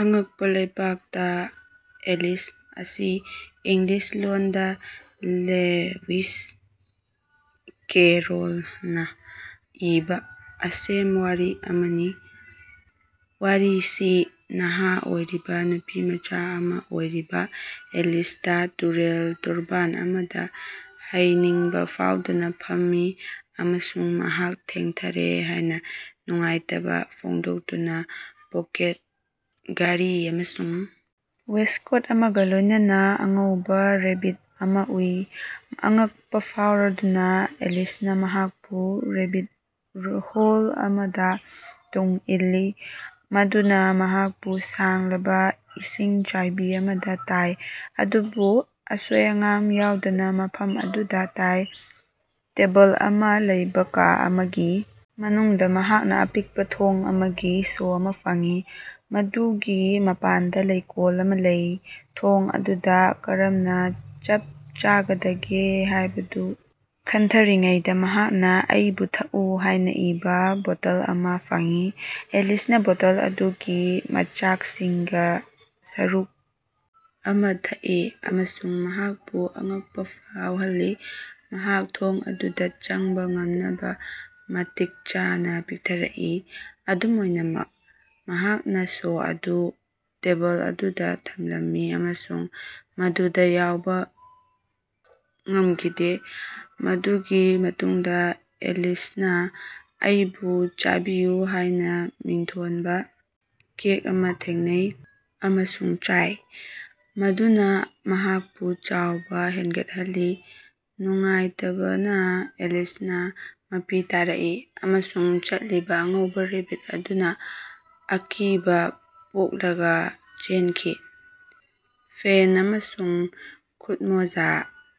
ꯑꯉꯛꯄ ꯂꯩꯄꯥꯛꯇ ꯑꯦꯂꯤꯁ ꯑꯁꯤ ꯏꯪꯂꯤꯁ ꯂꯣꯟꯗ ꯂꯦꯋꯤꯁ ꯀꯦꯔꯣꯜꯅ ꯏꯕ ꯑꯁꯦꯝꯋꯥꯔꯤ ꯑꯃꯅꯤ꯫ ꯋꯥꯔꯤꯁꯤ ꯅꯍꯥ ꯑꯣꯏꯔꯤꯕ ꯅꯨꯄꯤꯃꯆꯥ ꯑꯃ ꯑꯣꯏꯔꯤꯕ ꯑꯦꯂꯤꯁꯅ ꯇꯨꯔꯦꯜ ꯇꯣꯔꯕꯥꯟ ꯑꯃꯗ ꯍꯩꯅꯤꯡꯕ ꯐꯥꯎꯗꯅ ꯐꯝꯃꯤ ꯑꯃꯁꯨꯡ ꯃꯍꯥꯛ ꯊꯦꯡꯊꯔꯦ ꯍꯥꯏꯅ ꯅꯨꯡꯉꯥꯏꯇꯕ ꯐꯣꯡꯗꯣꯛꯇꯨꯅ ꯄꯣꯀꯦꯠ ꯘꯔꯤ ꯑꯃꯁꯨꯡ ꯋꯦꯁ꯭ꯠꯀꯣꯠ ꯑꯃꯒ ꯂꯣꯏꯅꯅ ꯑꯉꯧꯕ ꯔꯦꯕꯤꯠ ꯑꯃ ꯎꯏ꯫ ꯑꯉꯛꯄ ꯐꯥꯎꯔꯗꯨꯅ, ꯑꯦꯂꯤꯁꯅ ꯃꯍꯥꯛꯄꯨ ꯔꯦꯕꯤꯠ ꯍꯣꯜ ꯑꯃꯗ ꯇꯨꯡ ꯏꯜꯂꯤ꯫ ꯃꯗꯨꯅ ꯃꯍꯥꯛꯄꯨ ꯁꯥꯡꯂꯕ ꯏꯁꯤꯡꯆꯥꯏꯕꯤ ꯑꯃꯗ ꯇꯥꯏ ꯑꯗꯨꯕꯨ ꯑꯁꯣꯏ-ꯑꯉꯥꯝ ꯌꯥꯎꯗꯅ ꯃꯐꯝ ꯑꯃꯗ ꯇꯥꯏ꯫ ꯇꯦꯕꯜ ꯑꯃ ꯂꯩꯕ ꯀꯥ ꯑꯃꯒꯤ ꯃꯅꯨꯡꯗ ꯃꯍꯥꯛꯅ ꯑꯄꯤꯛꯄ ꯊꯣꯡ ꯑꯃꯒꯤ ꯁꯣ ꯑꯃ ꯐꯪꯏ, ꯃꯗꯨꯒꯤ ꯃꯄꯥꯟꯗ ꯂꯩꯀꯣꯜ ꯑꯃ ꯂꯩ꯫ ꯊꯣꯡ ꯑꯗꯨꯗ ꯀꯔꯝꯅ ꯆꯞ ꯆꯥꯒꯗꯒꯦ ꯍꯥꯏꯕꯗꯨ ꯈꯟꯊꯔꯤꯉꯩꯗ ꯃꯍꯥꯛꯅ "ꯑꯩꯕꯨ ꯊꯛꯎ" ꯍꯥꯏꯅ ꯏꯕ ꯕꯣꯇꯜ ꯑꯃ ꯐꯪꯉꯤ꯫ ꯑꯦꯂꯤꯁꯅ ꯕꯣꯇꯜ ꯑꯗꯨꯒꯤ ꯃꯆꯥꯛꯁꯤꯡꯒꯤ ꯁꯔꯨꯛ ꯑꯃ ꯊꯛꯏ ꯑꯃꯁꯨꯡ ꯃꯍꯥꯛꯄꯨ ꯑꯉꯛꯄ ꯐꯥꯎꯍꯜꯂꯤ ꯃꯍꯥꯛ ꯊꯣꯡ ꯑꯗꯨꯗ ꯆꯪꯕ ꯉꯝꯅꯕ ꯃꯇꯤꯛ ꯆꯥꯅ ꯄꯤꯛꯊꯔꯛꯏ꯫ ꯑꯗꯨꯝ ꯑꯣꯏꯅꯃꯛ, ꯃꯍꯥꯛꯅ ꯁꯣ ꯑꯗꯨ ꯇꯦꯕꯜ ꯑꯗꯨꯗ ꯊꯝꯂꯝꯃꯤ ꯑꯃꯁꯨꯡ ꯃꯗꯨꯗ ꯌꯧꯕ ꯉꯝꯈꯤꯗꯦ꯫ ꯃꯗꯨꯒꯤ ꯃꯇꯨꯡꯗ ꯑꯦꯂꯤꯁꯅ "ꯑꯩꯕꯨ ꯆꯥꯕꯤꯌꯨ" ꯍꯥꯏꯅ ꯃꯤꯡꯊꯣꯟꯕ ꯀꯦꯛ ꯑꯃ ꯊꯦꯡꯅꯩ ꯑꯃꯁꯨꯡ ꯆꯥꯏ, ꯃꯗꯨꯅ ꯃꯍꯥꯛꯄꯨ ꯆꯥꯎꯕ ꯍꯦꯟꯒꯠꯍꯜꯂꯤ꯫ ꯅꯨꯡꯉꯥꯏꯇꯕꯅ, ꯑꯦꯂꯤꯁꯅ ꯃꯄꯤ ꯇꯥꯔꯛꯏ ꯑꯃꯁꯨꯡ ꯆꯠꯂꯤꯕ ꯑꯉꯧꯕ ꯔꯦꯕꯤꯠ ꯑꯗꯨꯅ ꯑꯀꯤꯕ ꯄꯣꯛꯂꯒ ꯆꯦꯟꯈꯤ꯫ ꯐꯦꯟ ꯑꯃ ꯑꯃꯁꯨꯡ ꯈꯨꯠꯃꯣꯖꯥ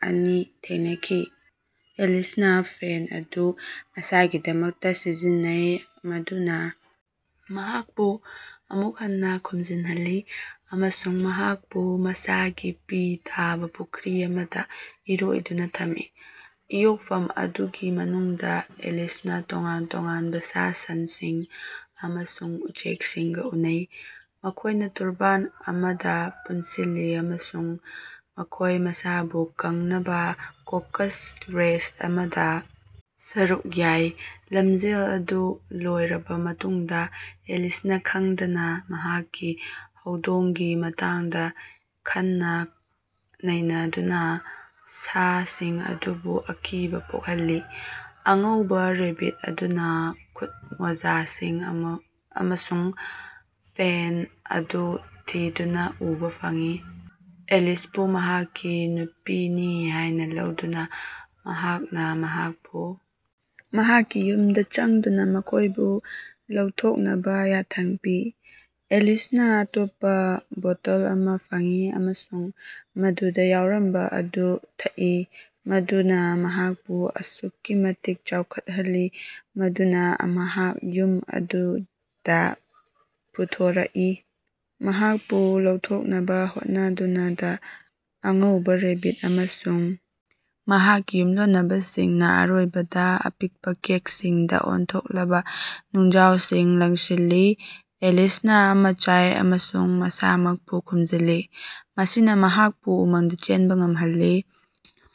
ꯑꯅꯤ ꯊꯦꯡꯅꯈꯤ꯫ ꯑꯦꯂꯤꯁꯅ ꯐꯦꯟ ꯑꯗꯨ ꯃꯁꯥꯒꯤꯗꯃꯛꯇ ꯁꯤꯖꯤꯟꯅꯩ, ꯃꯗꯨꯅ ꯃꯍꯥꯛꯄꯨ ꯑꯃꯨꯛ ꯍꯟꯅ ꯈꯨꯝꯖꯤꯜꯍꯜꯂꯤ ꯑꯃꯁꯨꯡ ꯃꯍꯥꯛꯄꯨ ꯃꯁꯥꯒꯤ ꯄꯤ ꯇꯥꯕ ꯄꯨꯈ꯭ꯔꯤ ꯑꯃꯗ ꯏꯔꯣꯏꯗꯨꯅ ꯊꯝꯃꯤ꯫ ꯏꯌꯣꯛꯐꯝ ꯑꯗꯨꯒꯤ ꯃꯅꯨꯡꯗ, ꯑꯦꯂꯤꯁꯅ ꯇꯣꯉꯥꯟ-ꯇꯣꯉꯥꯟꯕ ꯁꯥ-ꯁꯟꯁꯤꯡ ꯑꯃꯁꯨꯡ ꯎꯆꯦꯛꯁꯤꯡꯒ ꯎꯅꯩ, ꯃꯈꯣꯏꯅ ꯇꯣꯔꯕꯥꯟ ꯑꯃꯗ ꯄꯨꯟꯁꯤꯜꯂꯤ ꯑꯃꯁꯨꯡ ꯃꯈꯣꯏ ꯃꯁꯥꯕꯨ ꯀꯪꯅꯕ "ꯀꯣꯀꯁ ꯔꯦꯁ" ꯑꯃꯗ ꯁꯔꯨꯛ ꯌꯥꯏ꯫ ꯂꯝꯖꯦꯜ ꯑꯗꯨ ꯂꯣꯏꯔꯕ ꯃꯇꯨꯡꯗ, ꯑꯦꯂꯤꯁꯅ ꯈꯪꯗꯅ ꯃꯍꯥꯛꯀꯤ ꯍꯧꯗꯣꯡꯒꯤ ꯃꯇꯥꯡꯗ ꯈꯟꯅ-ꯅꯩꯅꯗꯨꯅ ꯁꯥꯁꯤꯡ ꯑꯗꯨꯕꯨ ꯑꯀꯤꯕ ꯄꯣꯛꯍꯜꯂꯤ꯫ ꯑꯉꯧꯕ ꯔꯦꯕꯤꯠ ꯑꯗꯨꯅ ꯈꯨꯠꯃꯣꯖꯥꯁꯤꯡ ꯑꯃꯁꯨꯡ ꯐꯦꯟ ꯑꯗꯨ ꯊꯤꯗꯨꯅ ꯎꯕ ꯐꯪꯏ꯫ ꯑꯦꯂꯤꯁꯄꯨ ꯃꯍꯥꯛꯀꯤ ꯅꯨꯄꯤꯅꯤ ꯍꯥꯏꯅ ꯂꯧꯗꯨꯅ, ꯃꯍꯥꯛꯅ ꯃꯍꯥꯛꯄꯨ ꯃꯍꯥꯛꯀꯤ ꯌꯨꯝꯗ ꯆꯪꯗꯨꯅ ꯃꯈꯣꯏꯕꯨ ꯂꯧꯊꯣꯛꯅꯕ ꯌꯥꯊꯪ ꯄꯤ꯫ ꯑꯦꯂꯤꯁꯅ ꯑꯇꯣꯞꯄ ꯕꯣꯇꯜ ꯑꯃ ꯐꯪꯏ ꯑꯃꯁꯨꯡ ꯃꯗꯨꯗ ꯌꯥꯎꯔꯝꯕ ꯑꯗꯨ ꯊꯛꯏ, ꯃꯗꯨꯅ ꯃꯍꯥꯛꯄꯨ ꯑꯁꯨꯛꯀꯤ ꯃꯇꯤꯛ ꯆꯥꯎꯈꯠꯍꯜꯂꯤ ꯃꯗꯨꯅ ꯃꯍꯥꯛ ꯌꯨꯝ ꯑꯗꯨꯗ ꯄꯨꯊꯣꯔꯛꯏ꯫ ꯃꯍꯥꯛꯄꯨ ꯂꯧꯊꯣꯛꯅꯕ ꯍꯣꯠꯅꯗꯨꯅꯗ ꯑꯉꯧꯕ ꯔꯦꯕꯤꯠ ꯑꯃꯁꯨꯡ ꯃꯍꯥꯛꯀꯤ ꯌꯨꯝꯂꯣꯟꯅꯕꯁꯤꯡꯅ ꯑꯔꯣꯏꯕꯗ ꯑꯄꯤꯛꯄ ꯀꯦꯛꯁꯤꯡꯗ ꯑꯣꯟꯊꯣꯛꯂꯕ ꯅꯨꯡꯖꯥꯎꯁꯤꯡ ꯂꯪꯁꯤꯜꯂꯤ꯫ ꯑꯦꯂꯤꯁꯅ ꯑꯃ ꯆꯥꯏ ꯑꯃꯁꯨꯡ ꯃꯁꯥꯃꯛꯄꯨ ꯈꯨꯝꯖꯤꯜꯂꯤ, ꯃꯁꯤꯅ ꯃꯍꯥꯛꯄꯨ ꯎꯃꯪꯗ ꯆꯦꯟꯕ ꯉꯝꯍꯜꯂꯤ꯫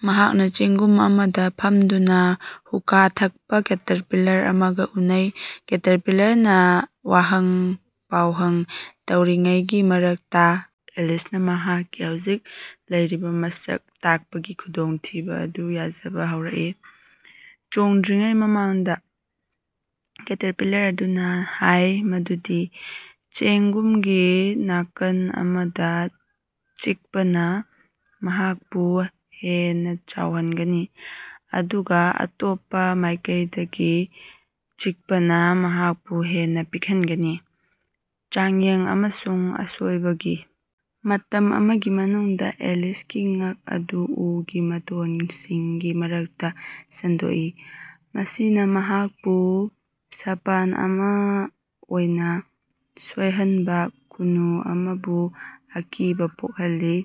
ꯃꯍꯥꯛꯅ ꯆꯦꯡꯒꯨꯝ ꯑꯃꯗ ꯐꯝꯗꯨꯅ ꯍꯨꯀꯥ ꯊꯛꯄ ꯀꯦꯇꯔꯄꯤꯂꯔ ꯑꯃꯒ ꯎꯅꯩ꯫ ꯀꯦꯇꯔꯄꯤꯂꯔꯅ ꯋꯥꯍꯪ ꯄꯥꯎꯍꯪ ꯇꯧꯔꯤꯉꯩꯒꯤ ꯃꯔꯛꯇ, ꯑꯦꯂꯤꯁꯅ ꯃꯍꯥꯛꯀꯤ ꯍꯧꯖꯤꯛ ꯂꯩꯔꯤꯕ ꯃꯁꯛ ꯇꯥꯛꯄꯒꯤ ꯈꯨꯗꯣꯡꯊꯤꯕ ꯑꯗꯨ ꯌꯥꯖꯕ ꯍꯧꯔꯛꯏ꯫ ꯆꯣꯡꯗ꯭ꯔꯤꯉꯩ ꯃꯃꯥꯡꯗ, ꯀꯦꯇꯔꯄꯤꯂꯔ ꯑꯗꯨꯅ ꯍꯥꯏ ꯃꯗꯨꯗꯤ ꯆꯦꯡꯒꯨꯝꯒꯤ ꯅꯥꯀꯟ ꯑꯃꯗ ꯆꯤꯛꯄꯅ ꯃꯍꯥꯛꯄꯨ ꯍꯦꯟꯅ ꯆꯥꯎꯍꯟꯒꯅꯤ ꯑꯗꯨꯒ ꯑꯇꯣꯞꯄ ꯃꯥꯏꯀꯩꯗꯒꯤ ꯆꯤꯛꯄꯅ ꯃꯍꯥꯛꯄꯨ ꯍꯦꯟꯅ ꯄꯤꯛꯍꯟꯒꯅꯤ꯫ ꯆꯥꯡꯌꯦꯡ ꯑꯃꯁꯨꯡ ꯑꯁꯣꯏꯕꯒꯤ ꯃꯇꯝ ꯑꯃꯒꯤ ꯃꯅꯨꯡꯗ, ꯑꯦꯂꯤꯁꯀꯤ ꯉꯛ ꯑꯗꯨ ꯎꯒꯤ ꯃꯇꯣꯟꯁꯤꯡꯒꯤ ꯃꯔꯛꯇ ꯁꯟꯗꯣꯛꯏ, ꯃꯁꯤꯅ ꯃꯍꯥꯛꯄꯨ ꯁꯥꯄꯟ ꯑꯃ ꯑꯣꯏꯅ ꯁꯣꯏꯍꯟꯕ ꯈꯨꯅꯨ ꯑꯃꯕꯨ ꯑꯀꯤꯕ ꯄꯣꯛꯍꯜꯂꯤ꯫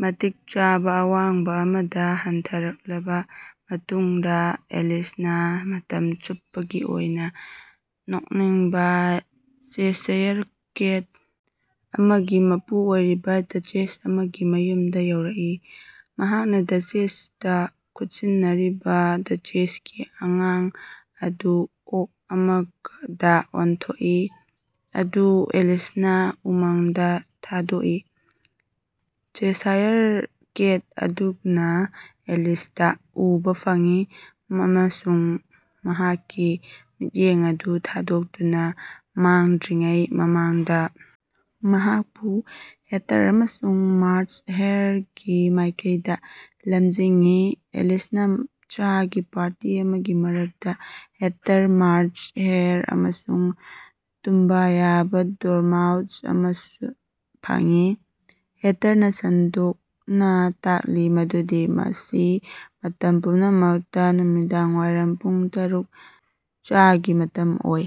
ꯃꯇꯤꯛ ꯆꯥꯕ ꯑꯋꯥꯡꯕ ꯑꯃꯗ ꯍꯟꯊꯔꯛꯂꯕ ꯃꯇꯨꯡꯗ, ꯑꯦꯂꯤꯁꯅ ꯃꯇꯝ ꯆꯨꯞꯄꯒꯤ ꯑꯣꯏꯅ ꯅꯣꯛꯅꯤꯡꯕ ꯆꯦꯁꯥꯌꯔ ꯀꯦꯠ ꯑꯃꯒꯤ ꯃꯄꯨ ꯑꯣꯏꯔꯤꯕ ꯗꯆꯦꯁ ꯑꯃꯒꯤ ꯃꯌꯨꯝꯗ ꯌꯧꯔꯛꯏ꯫ ꯃꯍꯥꯛꯅ ꯑꯦꯂꯤꯁꯇ ꯈꯨꯠꯁꯤꯟꯅꯔꯤꯕ ꯗꯆꯦꯁꯀꯤ ꯑꯉꯥꯡ ꯑꯗꯨ ꯑꯣꯛ ꯑꯃꯗ ꯑꯣꯟꯊꯣꯛꯏ, ꯃꯗꯨ ꯑꯦꯂꯤꯁꯅ ꯎꯃꯪꯗ ꯊꯥꯗꯣꯛꯏ꯫ ꯆꯦꯁꯥꯌꯔ ꯀꯦꯠ ꯑꯗꯨꯅ ꯑꯦꯂꯤꯁꯇ ꯎꯕ ꯐꯪꯏ ꯑꯃꯁꯨꯡ ꯃꯍꯥꯛꯀꯤ ꯃꯤꯠꯌꯦꯡ ꯑꯗꯨ ꯊꯥꯗꯣꯛꯇꯨꯅ ꯃꯥꯡꯗ꯭ꯔꯤꯉꯩ ꯃꯃꯥꯡꯗ ꯃꯍꯥꯛꯄꯨ ꯍꯦꯇꯔ ꯑꯃꯁꯨꯡ ꯃꯥꯔ꯭ꯆ ꯍꯦꯔꯒꯤ ꯃꯥꯏꯀꯩꯗ ꯂꯝꯖꯤꯡꯏ꯫ ꯑꯦꯂꯤꯁꯅ ꯆꯥꯒꯤ ꯄꯥꯔꯇꯤ ꯑꯃꯒꯤ ꯃꯔꯛꯇ ꯍꯦꯇꯔ, ꯃꯥꯔ꯭ꯆ ꯍꯦꯔ ꯑꯃꯁꯨꯡ ꯇꯨꯝꯕ ꯌꯥꯕ ꯗꯣꯔꯃꯥꯎꯁ ꯑꯃ ꯐꯪꯏ꯫ ꯍꯦꯇꯔꯅ ꯁꯟꯗꯣꯛꯅ ꯇꯥꯛꯂꯤ ꯃꯗꯨꯗꯤ ꯃꯁꯤ ꯃꯇꯝ ꯄꯨꯡꯅꯃꯛꯇ ꯅꯨꯃꯤꯗꯥꯡꯋꯥꯏꯔꯝ ꯄꯨꯡ ꯇꯔꯨꯛ ꯆꯥꯒꯤ ꯃꯇꯝꯑꯣꯏ꯫